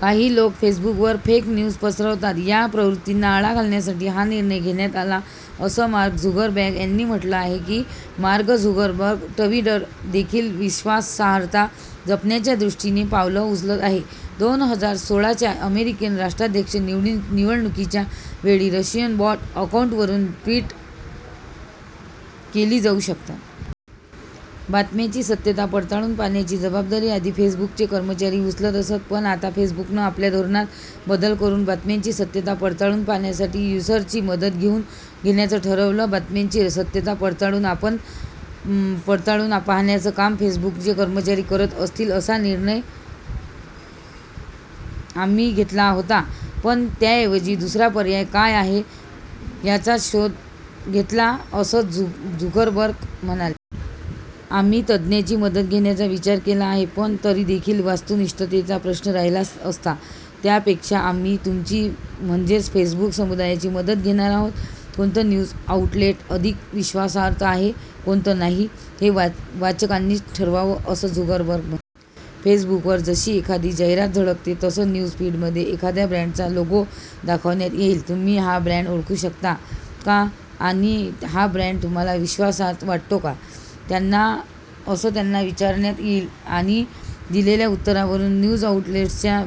काही लोक फेसबुकवर फेक न्यूज पसरवतात. या प्रवृत्तींना आळा घालण्यासाठी हा निर्णय घेण्यात आला असं मार्क झुकरबर्ग यांनी म्हटलं आहे. मार्क झुकरबर्ग ट्विटर देखील विश्वासार्हता जपण्याच्या दृष्टीनं पावलं उचलत आहे. दोन हजार सोळा च्या अमेरिकन राष्ट्राध्यक्ष निवडणुकीच्या वेळी रशियन बॉट अकाउंटवरून ट्वीट केली जाऊ शकतात. बातम्यांची सत्यता पडताळून पाहण्याची जबाबदारी आधी फेसबुकचे कर्मचारी उचलत असत. पण आता फेसबुकनं आपल्या धोरणात बदल करून बातम्यांची सत्यता पडताळून पाहण्यासाठी युजर्सची मदत घेण्याचं ठरवलं आहे. बातम्यांची सत्यता पडताळून पाहण्याचं काम फेसबुकचे कर्मचारी करतील असा निर्णय आम्ही घेतला होता पण त्या ऐवजी दुसरा पर्याय काय आहे याचा शोध घेतला असं झुकरबर्ग म्हणाले. आम्ही तज्ज्ञांची मदत घेण्याचा विचार केला आहे. पण तरीदेखील वस्तुनिष्ठतेचा प्रश्न राहिलाच असता. त्या पेक्षा आम्ही तुमची म्हणजेच फेसबुक समुदायाची मदत घेणार आहोत. कोणतं न्यूज आउटलेट अधिक विश्वासार्ह आहे आणि कोणतं नाही, हे वाचकांनीच ठरवावं असं झुकरबर्ग म्हणाले. फेसबुकवर जशी एखादी जाहिरात झळकते तसं न्यूज फीडमध्ये एखाद्या ब्रॅंडचा लोगो दाखवण्यात येईल. तुम्ही हा ब्रॅंड ओळखू शकता का? आणि हा ब्रॅंड तुम्हाला विश्वासार्ह वाटतो का? असं त्यांना विचारण्यात येईल. त्यांनी दिलेल्या उत्तरावरुन न्यूज आउटलेट्सच्या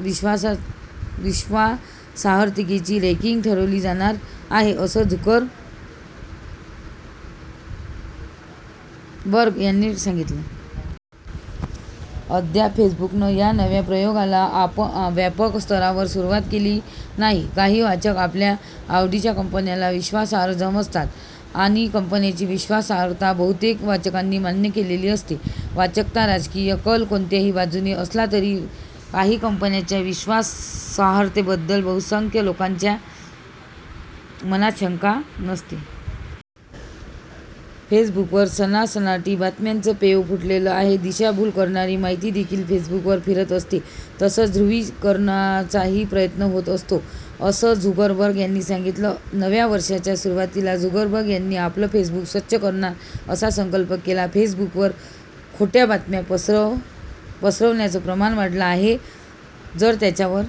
विश्वासार्हतेची रॅंकिंग ठरवली जाणार आहे असं झुकरबर्ग यांनी सांगितलं. अद्याप फेसबुकनं या नव्या प्रयोगाला व्यापक स्तरावर सुरुवात केली नाही. काही वाचक आपल्या आवडीच्या कंपन्याना विश्वासार्ह समजतात. पण काही कंपन्यांची विश्वासार्हता बहुतेक वाचकांनी मान्य केलेली असते. वाचकांचा राजकीय कल कोणत्याही बाजूने असला तरी काही कंपन्यांच्या विश्वासार्हतेबद्दल बहुसंख्य लोकांच्या मनात शंका नसते. फेसबुकवर सनसनाटी बातम्यांचं पेव फुटलेलं आहे दिशाभूल करणारी माहिती देखील फेसबुकवर फिरत असते. तसंच ध्रुवीकरणाचाही प्रयत्न होताना दिसतो असं झुकरबर्ग यांनी सांगितलं. नव्या वर्षाच्या सुरुवातीला झुकरबर्ग यांनी आपण फेसबुक स्वच्छ करणार असा संकल्प केला होता. फेसबुकवर खोट्या बातम्या पसरवण्याचं प्रमाण वाढलं आहे. जर त्यांच्यावर